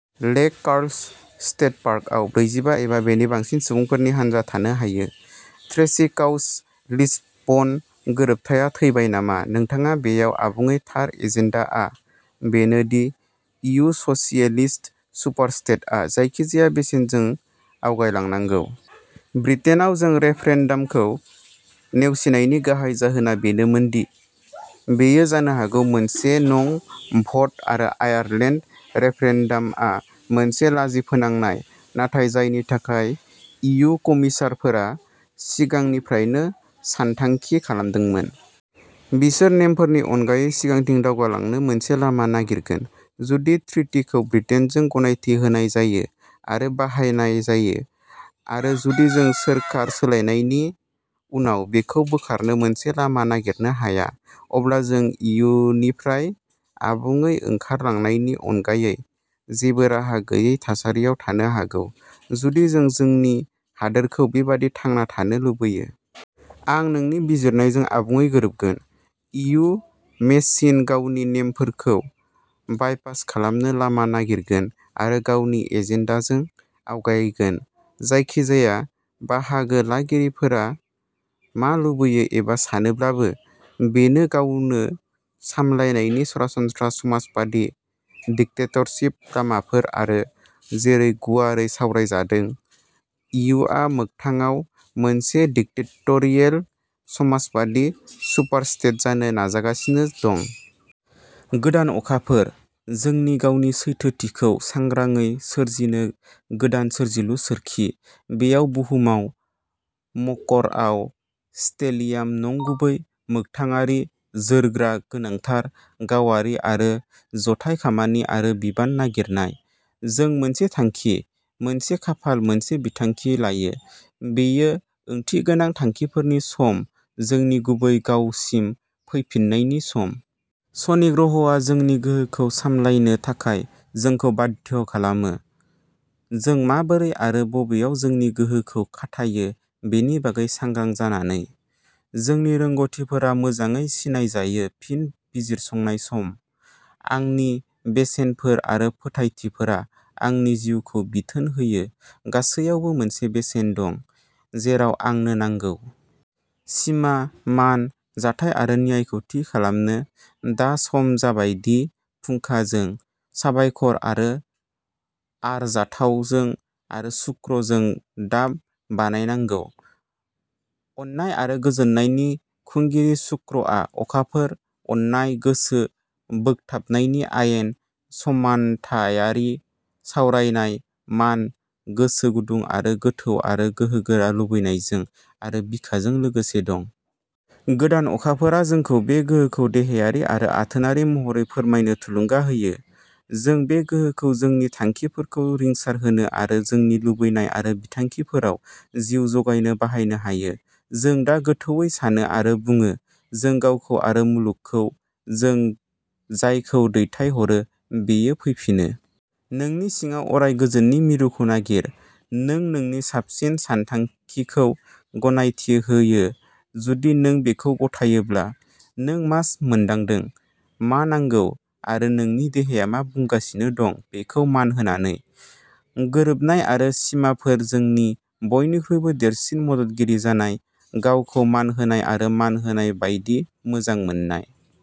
लेक Carlos State पार्कआव ब्रैजिबा एबा बेनि बांसिन सुबुंफोरनि हानजा थानो हायो। ट्रेसी क्राउच लिसबन गोरोबथाया थैबाय नामा नोंथाङा बेयाव आबुङै थार एजेन्डाआ बेनो दि इयु स'सियेलिस्ट सुपारस्टेटआ जायखिजाया बेसेनजों आवगायलांनांगौ। ब्रिटेनआव जों रेफरेन्डामखौ नेवसिनायनि गाहाय जाहोना बेनोमोन दि बेयो जानो हागौ मोनसे नं भ'ट, आरो आयारलेन्ड रेफरेन्डामआ मोनसे लाजिफोनांनाय नाथाय जायनि थाखाय इयु कमिसारफोरा सिगांनिफ्रायनो सानथांखि खालामदोंमोन। बिसोर नेमफोरनि अनगायै सिगांथिं दावगालांनो मोनसे लामा नागिरगोन। जुदि ट्रिटिखौ ब्रिटेनजों गनायथि होनाय जायो आरो बाहायनाय जायो, आरो जुदि जों सोरखार सोलायनायनि उनाव बेखौ बोखारनो मोनसे लामा नागिरनो हाया, अब्ला जों इयुनिफ्राय आबुङै ओंखारलांनायनि अनगायै जेबो राहा गैयै थासारियाव थानो हागौ जुदि जों जोंनि हादोरखौ बेबादि थांना थानो लुबैयो। आं नोंनि बिजिरनायजों आबुङै गोरोबगोन। इयु मेसिन गावनि नेमफोरखौ बायपास खालामनो लामा नागिरगोन आरो गावनि एजेन्डाजों आवगायगोन, जायखिजाया बाहागो लागिरिफोरा मा लुबैयो एबा सानोब्लाबो। बेनो गावनो सामलायनायनि सरासनस्रा समाजबादि डिक्टेटरशिप लामाफोर आरो जेरै गुवारै सावरायजादों, इयुआ मोगथाङाव मोनसे डिक्टेटरियेल समाजबादि सुपारस्टेट जानो नाजागासिनो दं। गोदान अखाफोर, जोंनि गावनि सैथोथिखौ सांग्रांयै सोरजिनो गोदान सोरजिलु सोरखि, बेयाव बुहुमाव। मकरआव स्टेलियाम, नंगुबै, मोगथाङारि, जोरग्रा, गोनांथार, गावारि आरो जथाय खामानि आरो बिबान नागिरनाय। जों मोनसे थांखि, मोनसे खाफाल मोनसे बिथांखि लायो, बेयो ओंथिगोनां थांखिफोरनि सम, जोंनि गुबै गावसिम फैफिन्नायनि सम। शनि ग्रहआ जोंनि गोहोखौ सामलायनो थाखाय जोंखौ बाध्य खालामो, जों माबोरै आरो बबेयाव जोंनि गोहोखौ खाथायो बेनि बागै सांग्रां जानानै। जोंनि रोंग'थिफोरा मोजाङै सिनाय जायो फिन बिजिरसंनाय सम, आंनि बेसेनफोर आरो फोथायथिफोरा आंनि जिउखौ बिथोन होयो गासैयावबो मोनसे बेसेन दं, जेराव आंनो नांगौ। सिमा, मान, जानथाय आरो न्यायखौ थि खालामनो दा सम जाबाय दि फुंखा जों, साबायखर आरो आरजाथावजों आरो शुक्र जों दा बानायनांगौ। अननाय आरो गोजोननायनि खुंगिरि शुक्रआ अखाफोर, अननाय, गोसो बोगथाबनायनि आयेन, समानथायारि सावरायनाय, मान, गोसो गुदुं आरो गोथौ आरो गोहोगोरा लुबैनायजों आरो बिखाजों लोगोसे दं। गोदान अखाफोरा जोंखौ बे गोहोखौ देहायारि आरो आथोनारि महरै फोरमायनो थुलुंगा होयो। जों बे गोहोखौ जोंनि थांखिफोरखौ रिंसारहोनो आरो जोंनि लुबैनाय आरो बिथांखिफोराव जिउ जगायनो बाहायनो हायो। जों दा गोथौवै सानो आरो बुङो, जों गावखौ आरो मुलुगखौ, जों जायखौ दैथायहरो बेयो फैफिनो। नोंनि सिङाव अराय गोजोननि मिरुखौ नागिर, नों नोंनि साबसिन सानथांखिखौ गनायथि होयो जुदि नों बेखौ गथायोब्ला, नों मा मोनदांदों, मा नांगौ, आरो नोंनि देहाया मा बुंगासिनो दं बेखौ मान होनानै। गोरोबनाय आरो सिमाफोर जोंनि बयनिख्रुइबो देरसिन मददगिरि जानाय, गावखौ मान होनाय आरो मान होनाय बायदि मोजां मोननाय।